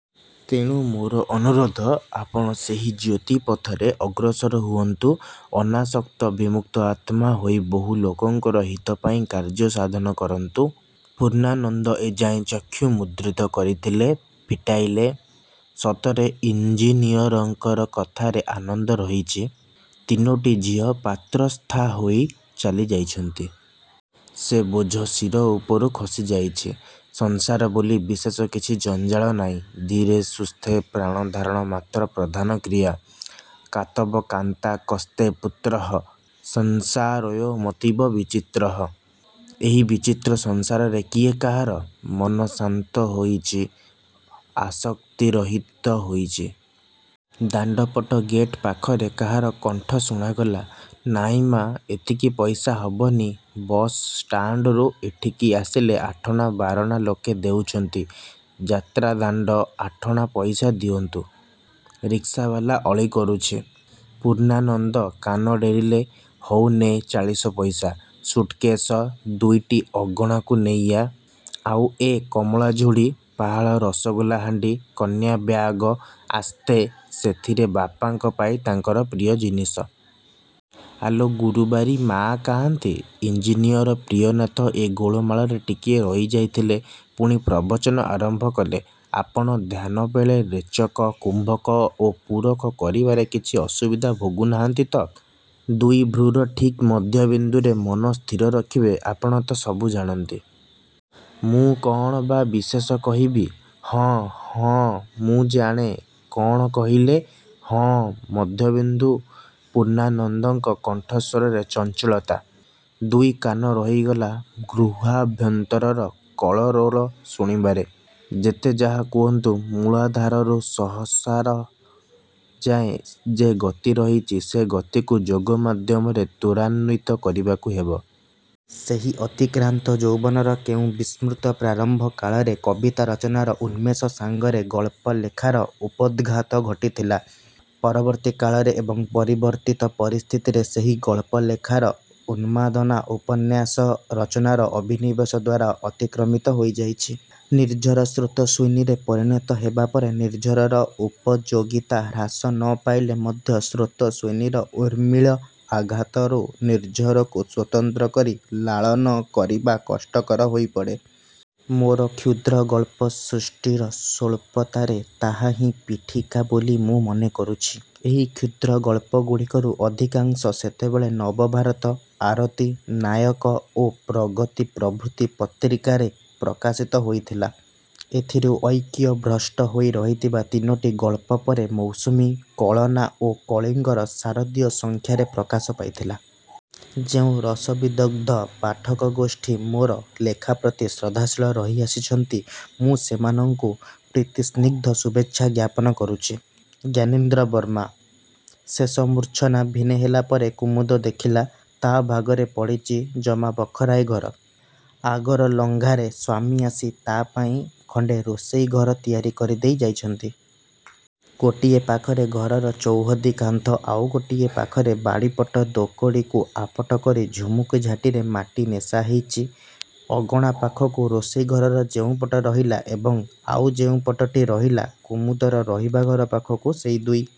ତେଣୁ ମୋର ଅନୁରୋଧ, ଆପଣ ସେହି ଜ୍ୟୋତି ପଥରେ ଅଗ୍ରସର ହୁଅନ୍ତୁ ଅନାସକ୍ତ ବିମୁକ୍ତ-ଆତ୍ମା ହୋଇ ବହୁ ଲୋକଙ୍କର ହିତ ପାଇଁ କାର୍ଯ୍ୟ ସାଧନ କରନ୍ତୁ"। ପୂର୍ଣ୍ଣାନନ୍ଦ ଏଯାଏ ଚକ୍ଷୁ ମୁଦ୍ରିତ କରିଥିଲେ, ଫିଟାଇଲେ। ସତରେ ଇଞ୍ଜିନିୟରଙ୍କର କଥାରେ ଆନନ୍ଦ ରହିଛି। ତିନୋଟି ଝିଅ ପାତ୍ରସ୍ଥାହୋଇ ଚାଲିଯାଇଛନ୍ତି। ସେ ବୋଝ ଶିର ଉପରୁ ଖସିଯାଇଛି। ସଂସାର ବୋଲି ବିଶେଷ କିଛି ଜଞ୍ଜାଳ ନାହିଁ। ଧୀରେ ସୁସ୍ଥେ ପ୍ରାଣଧାରଣ ମାତ୍ର ପ୍ରଧାନ କ୍ରିୟା। "କାତବ କାନ୍ତା କସ୍ତେ ପୁତ୍ରଃ, ସଂସାରୋଽୟ ମତୀବ ବିଚିତ୍ରଃ"। ଏହି ବିଚିତ୍ର ସଂସାରରେ କିଏ କାହାର? ମନ ଶାନ୍ତ ହୋଇଛି, ଆସକ୍ତିରହିତ ହୋଇଛି। ଦାଣ୍ଡପଟ ଗେଟ୍ ପାଖରେ କାହାର କଣ୍ଠ ଶୁଣାଗଲା-"ନାଇଁ ମା, ଏତିକି ପଇସା ହବନି, ବସ୍ ଷ୍ଟାଣ୍ଡରୁ ଏଠିକି ଆସିଲେ ଆଠଣା ବାରଣା ଲୋକେ ଦେଉଛନ୍ତି, ଯାତ୍ରାଦାଣ୍ଡ, ଆଠଣା ପଇସା ଦିଅନ୍ତୁ। " ରିକ୍ସାବାଲା ଅଳି କରୁଛି। ପୂର୍ଣ୍ଣାନନ୍ଦ କାନ ଡେରିଲେ-"ହଉ ନେ ଚାଳିଶପଇସା, ସୁଟ୍କେଶ ଦୁଇଟି ଅଗଣାକୁ ନେଇଆ, ଆଉ ଏ କମଳାଝୁଡ଼ି, ପାହାଳ ରସଗୋଲାହାଣ୍ଡି, କନାବ୍ୟାଗ, ଆସ୍ତେ, ସେଥିରେ ବାପାଙ୍କ ପାଇଁ ତାଙ୍କର ପ୍ରିୟ ଜିନିଷ। ଆଲୋ ଗୁରୁବାରୀ, ମାଆ କାହାନ୍ତି"? ଇଞ୍ଜିନିୟର ପ୍ରିୟନାଥ ଏ ଗୋଳମାଳରେ ଟିକିଏ ରହିଯାଇଥିଲେ; ପୁଣି ପ୍ରବଚନ ଆରମ୍ଭ କଲେ-"ଆପଣ ଧ୍ୟାନବେଳେ ରେଚକ, କୁମ୍ଭକ ଓ ପୂରକ କରିବାରେ କିଛି ଅସୁବିଧା ଭୋଗୁନାହାନ୍ତି ତ? ଦୁଇ ଭ୍ରୂର ଠିକ୍ ମଧ୍ୟବିନ୍ଦୁରେ ମନ ସ୍ଥିର ରଖିବେ; ଆପଣ ତ ସବୁ ଜାଣନ୍ତି। ମୁଁ କଅଣ ବା ବିଶେଷ କହିବି " "ହଁ, ହଁ, ମୁଁ ଜାଣେ, କ'ଣ କହିଲେ? ହଁ, ମଧ୍ୟବିନ୍ଦୁ" ପୂର୍ଣ୍ଣାନନ୍ଦଙ୍କ କଣ୍ଠସ୍ଵରରେ ଚଞ୍ଚଳତା-। ଦୁଇକାନ ରହିଗଲା ଗୃହାଭ୍ୟନ୍ତରର କଳରୋଳ ଶୁଣିବାରେ "ଯେତେ ଯାହା କୁହନ୍ତୁ ମୂଳାଧାରରୁ ସହସାର ଯାଏ ଯେ ଗତି ରହିଛି, ସେ ଗତିକୁ ଯୋଗମାଧ୍ୟମରେ ତ୍ଵରାନ୍ୱିତ କରିବାକୁ ହେବ। ସେହି ଅତିକ୍ରାନ୍ତ ଯୌବନର କେଉଁ ବିସ୍ମୃତ ପ୍ରାରମ୍ଭ କାଳରେ କବିତା ରଚନାର ଉନ୍ମେଷ ସାଙ୍ଗରେ ଗଳ୍ପ ଲେଖାର ଉପୋଦ୍ଘାତ ଘଟିଥିଲା। ପରବର୍ତ୍ତୀ କାଳରେ ଏବଂ ପରିବର୍ତ୍ତିତ ପରିସ୍ଥିତିରେ ସେହି ଗଳ୍ପଲେଖାର ଉନ୍ମାଦନା ଉପନ୍ୟାସ ରଚନାର ଅଭିନିବେଶଦ୍ଵାରା ଅତିକ୍ରମିତ ହୋଇଯାଇଛି। ନିର୍ଝର ସ୍ରୋତସ୍ୱିନୀରେ ପରିଣତ ହେବା ପରେ ନିର୍ଝରର ଉପଯୋଗିତା ହ୍ରାସ ନ ପାଇଲେ ମଧ୍ୟ ସ୍ରୋତସ୍ୱିନୀର ଉର୍ମିଳ ଆଘାତରୁ ନିର୍ଝରକୁ ସ୍ଵତନ୍ତ୍ର କରି ଲାଳନ କରିବା କଷ୍ଟକର ହୋଇପଡ଼େ। ମୋର କ୍ଷୁଦ୍ରଗଳ୍ପ ସୃଷ୍ଟିର ସ୍ୱଳ୍ପତାରେ ତାହା ହିଁ ପୀଠିକା ବୋଲି ମୁଁ ମନେ କରୁଛି। ଏହି କ୍ଷୁଦ୍ରଗଳ୍ପଗୁଡ଼ିକରୁ ଅଧିକାଂଶ ସେତେବେଳେ ନବଭାରତ, ଆରତି, ନାୟକ ଓ ପ୍ରଗତି ପ୍ରଭୃତି ପତ୍ରିକାରେ ପ୍ରକାଶିତ ହୋଇଥିଲା। ସେଥିରୁ ଐକ୍ୟ ଭ୍ରଷ୍ଟ ହୋଇ ରହିଥିବା ତିନୋଟି ଗଳ୍ପ ପରେ ମୌସୁମୀ, କଳନା ଓ କଳିଙ୍ଗର ଶାରଦୀୟ ସଂଖ୍ୟାରେ ପ୍ରକାଶ ପାଇଥିଲା। ଯେଉଁ ରସବିଦଗ୍ଧ ପାଠକଗୋଷ୍ଠୀ ମୋର ଲେଖା ପ୍ରତି ଶ୍ରଦ୍ଧାଶୀଳ ରହି ଆସିଛନ୍ତି, ମୁଁ ସେମାନଙ୍କୁ ପ୍ରୀତିସ୍ନିଗ୍ଧ ଶୁଭେଚ୍ଛା ଜ୍ଞାପନ କରୁଛି। ଞ୍ଜାନୀନ୍ଦ୍ର ବର୍ମା। ଶେଷ ମୂର୍ଚ୍ଛନା ଭିନେ ହେଲା ପରେ କୁମୁଦ ଦେଖିଲା, ତା ଭାଗରେ ପଡ଼ିଚି ଜମା ବଖରାଏ ଘର। ଆଗର ଲଙ୍ଘାରେ ସ୍ୱାମୀ ଆସି ତା ପାଇଁ ଖଣ୍ଡେ ରୋଷେଇଘର ତିଆରି କରିଦେଇ ଯାଇଛନ୍ତି। ଗୋଟିଏ ପାଖରେ ଘରର ଚୌହଦି କାନ୍ଥ, ଆଉ ଗୋଟିଏ ପାଖରେ ବାଡ଼ିପଟ ଦୋକଡ଼ିକୁ ଆପଟ କରି ଝୁମୁକି ଝାଟିରେ ମାଟି ନେଶା ହେଇଚି। ଅଗଣା ପାଖକୁ ରୋଷେଇଘରର ଯେଉଁପଟ ରହିଲା ଏବଂ ଆଉ ଯେଉଁ ପଟଟି ରହିଲା କୁମୁଦର ରହିବାଘର ପାଖକୁ, ସେହି ଦୁଇ